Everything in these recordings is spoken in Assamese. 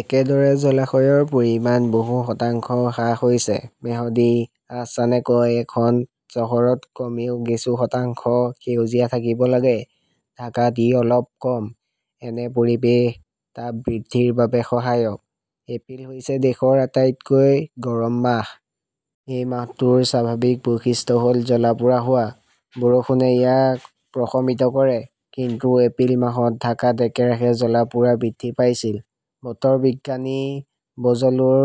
একেদৰে, জলাশয়ৰ পৰিমাণ বহু শতাংশ হ্ৰাস হৈছে। মেহদী আহছানে কয়, এখন চহৰত কমেও কিছু শতাংশ সেউজীয়া থাকিব লাগে। ঢাকাত ই অলপ কম। এনে পৰিৱেশ তাপ বৃদ্ধিৰ বাবে সহায়ক। এপ্ৰিল হৈছে দেশৰ আটাইতকৈ গৰম মাহ। এই মাহটোৰ স্বাভাৱিক বৈশিষ্ট্য হ'ল জ্বলা-পোৰা হোৱা। বৰষুণে ইয়াক প্ৰশমিত কৰে। কিন্তু এপ্ৰিল মাহত ঢাকাত একেৰাহে জ্বলা-পোৰা বৃদ্ধি পাইছিল। বতৰ বিজ্ঞানী বজলুৰ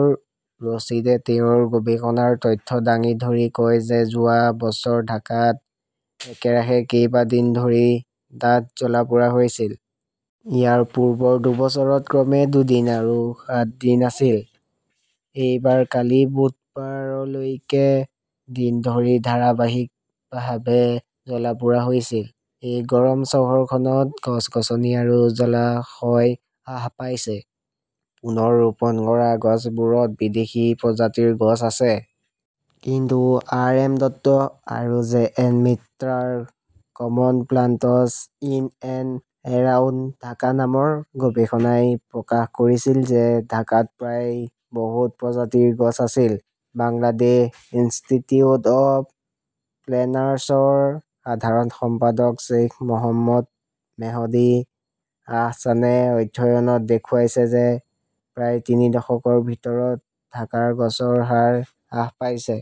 ৰছিদে তেওঁৰ গৱেষণাৰ তথ্য দাঙি ধৰি কয় যে যোৱা বছৰ ঢাকাত একেৰাহে কেইবা‌ দিন ধৰি ডাঠ জ্বলা-পোৰা হৈছিল। ইয়াৰ পূৰ্বৰ দুবছৰত ক্ৰমে দুদিন আৰু সাত দিন আছিল। এইবাৰ কালি বুধবাৰলৈকে দিন ধৰি ধাৰাবাহিকভাৱে জ্বলা-পোৰা হৈছিল। এই গৰম চহৰখনত গছ-গছনি আৰু জলাশয় হ্ৰাস পাইছে। পুনৰ ৰোপণ কৰা গছবোৰত বিদেশী প্ৰজাতিৰ গছ আছে। কিন্তু আৰ. এম. দত্ত আৰু জে. এন. মিত্ৰাৰ common plants in and around Dhaka নামৰ গৱেষণাই প্ৰকাশ কৰিছিল যে ঢাকাত প্ৰায় বহুত‌ প্ৰজাতিৰ গছ আছিল। বাংলাদেশ ইনষ্টিটিউট অৱ প্লেনাৰ্ছৰ সাধাৰণ সম্পাদক শ্বেইখ মহম্মদ মেহদী আহছানে অধ্যয়নত দেখুৱাইছে যে প্ৰায় তিনি দশকৰ ভিতৰত ঢাকাৰ গছৰ হাৰ হ্ৰাস পাইছে।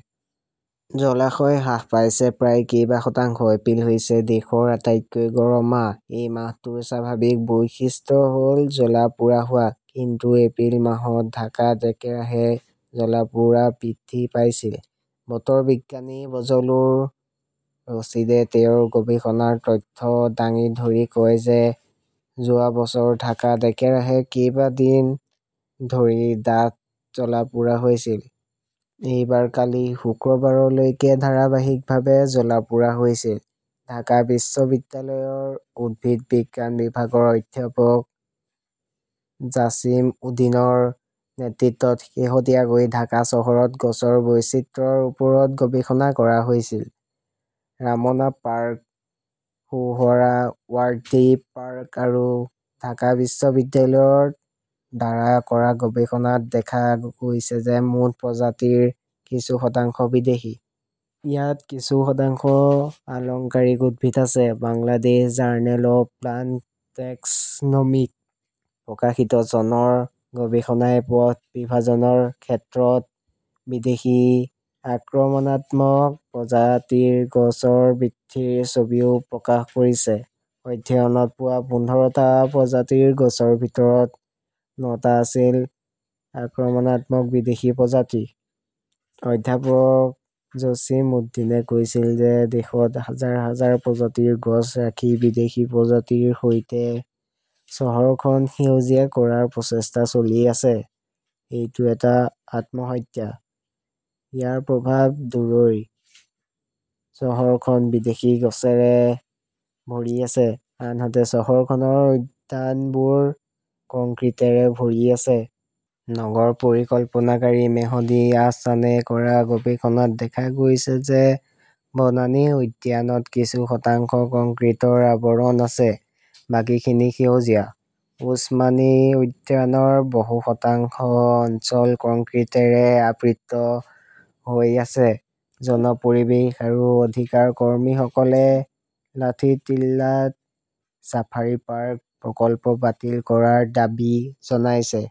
জলাশয় হ্ৰাস পাইছে প্ৰায় কেইবা শতাংশ। এপ্ৰিল হৈছে দেশৰ আটাইতকৈ গৰম মাহ। এই মাহটোৰ স্বাভাৱিক বৈশিষ্ট্য হ'ল জ্বলা-পোৰা হোৱা। কিন্তু এপ্ৰিল মাহত ঢাকাত একেৰাহে জ্বলা-পোৰা বৃদ্ধি পাইছিল। বতৰ বিজ্ঞানী বজলুৰ ৰছিদে তেওঁৰ গৱেষণাৰ তথ্য দাঙি ধৰি কয় যে যোৱা বছৰ ঢাকাত একেৰাহে কেইবা দিন ধৰি ডাঠ জ্বলা-পোৰা হৈছিল। এইবাৰ কালি শুক্ৰবাৰলৈকে ধাৰাবাহিকভাৱে জ্বলা-পোৰা হৈছিল। ঢাকা বিশ্ববিদ্যালয়ৰ উদ্ভিদ বিজ্ঞান বিভাগৰ অধ্যাপক জাছিম উদিনৰ নেতৃত্বত শেহতীয়াকৈ ঢাকা চহৰত গছৰ বৈচিত্ৰ্যৰ ওপৰত গৱেষণা কৰা হৈছিল। ৰামনা পাৰ্ক, সোহৰাৱাৰ্ডি পাৰ্ক আৰু ঢাকা বিশ্ববিদ্যালয়ৰ দ্বাৰা কৰা গৱেষণাত দেখা গৈছে যে‌ মুঠ প্ৰজাতিৰ কিছু শতাংশ বিদেশী। ইয়াত কিছু শতাংশ আলংকাৰিক উদ্ভিদ আছে। বাংলাদেশ জাৰ্নেল অৱ প্লাণ্ট টেক্সনমীত প্ৰকাশিত চনৰ গৱেষণাই পথ বিভাজনৰ ক্ষেত্ৰত বিদেশী আক্ৰমণাত্মক প্ৰজাতিৰ গছৰ বৃদ্ধিৰ ছবিও প্ৰকাশ কৰিছে। অধ্যয়নত পোৱা পোন্ধৰটা প্ৰজাতিৰ গছৰ ভিতৰত নটা আছিল আক্ৰমণাত্মক বিদেশী প্ৰজাতি। অধ্যাপক জছিম উদ্দিনে কৈছিল যে দেশত হাজাৰ হাজাৰ প্ৰজাতিৰ গছ ৰাখি বিদেশী প্ৰজাতিৰ সৈতে চহৰখন সেউজীয়া কৰাৰ প্ৰচেষ্টা চলি আছে। এইটো এটা আত্মহত্যা। ইয়াৰ প্ৰভাৱ দূৰৈৰ। চহৰখন বিদেশী গছৰে ভৰি আছে, আনহাতে চহৰখনৰ উদ্যানবোৰ কংক্ৰিটেৰে ভৰি আছে। নগৰ পৰিকল্পনাকাৰী মেহদী আহছানে কৰা গৱেষণাত দেখা গৈছে যে বনানী উদ্যানত কিছু শতাংশ কংক্ৰিটৰ আৱৰণ আছে, বাকীখিনি সেউজীয়া। ওছমানী উদ্যানৰ বহু শতাংশ অঞ্চল কংক্ৰিটেৰে আবৃত হৈ আছে। জন পৰিৱেশ আৰু অধিকাৰ কৰ্মীসকলে লাথিট্টিলাত ছাফাৰী পাৰ্ক প্ৰকল্প বাতিল কৰাৰ দাবী জনাইছে।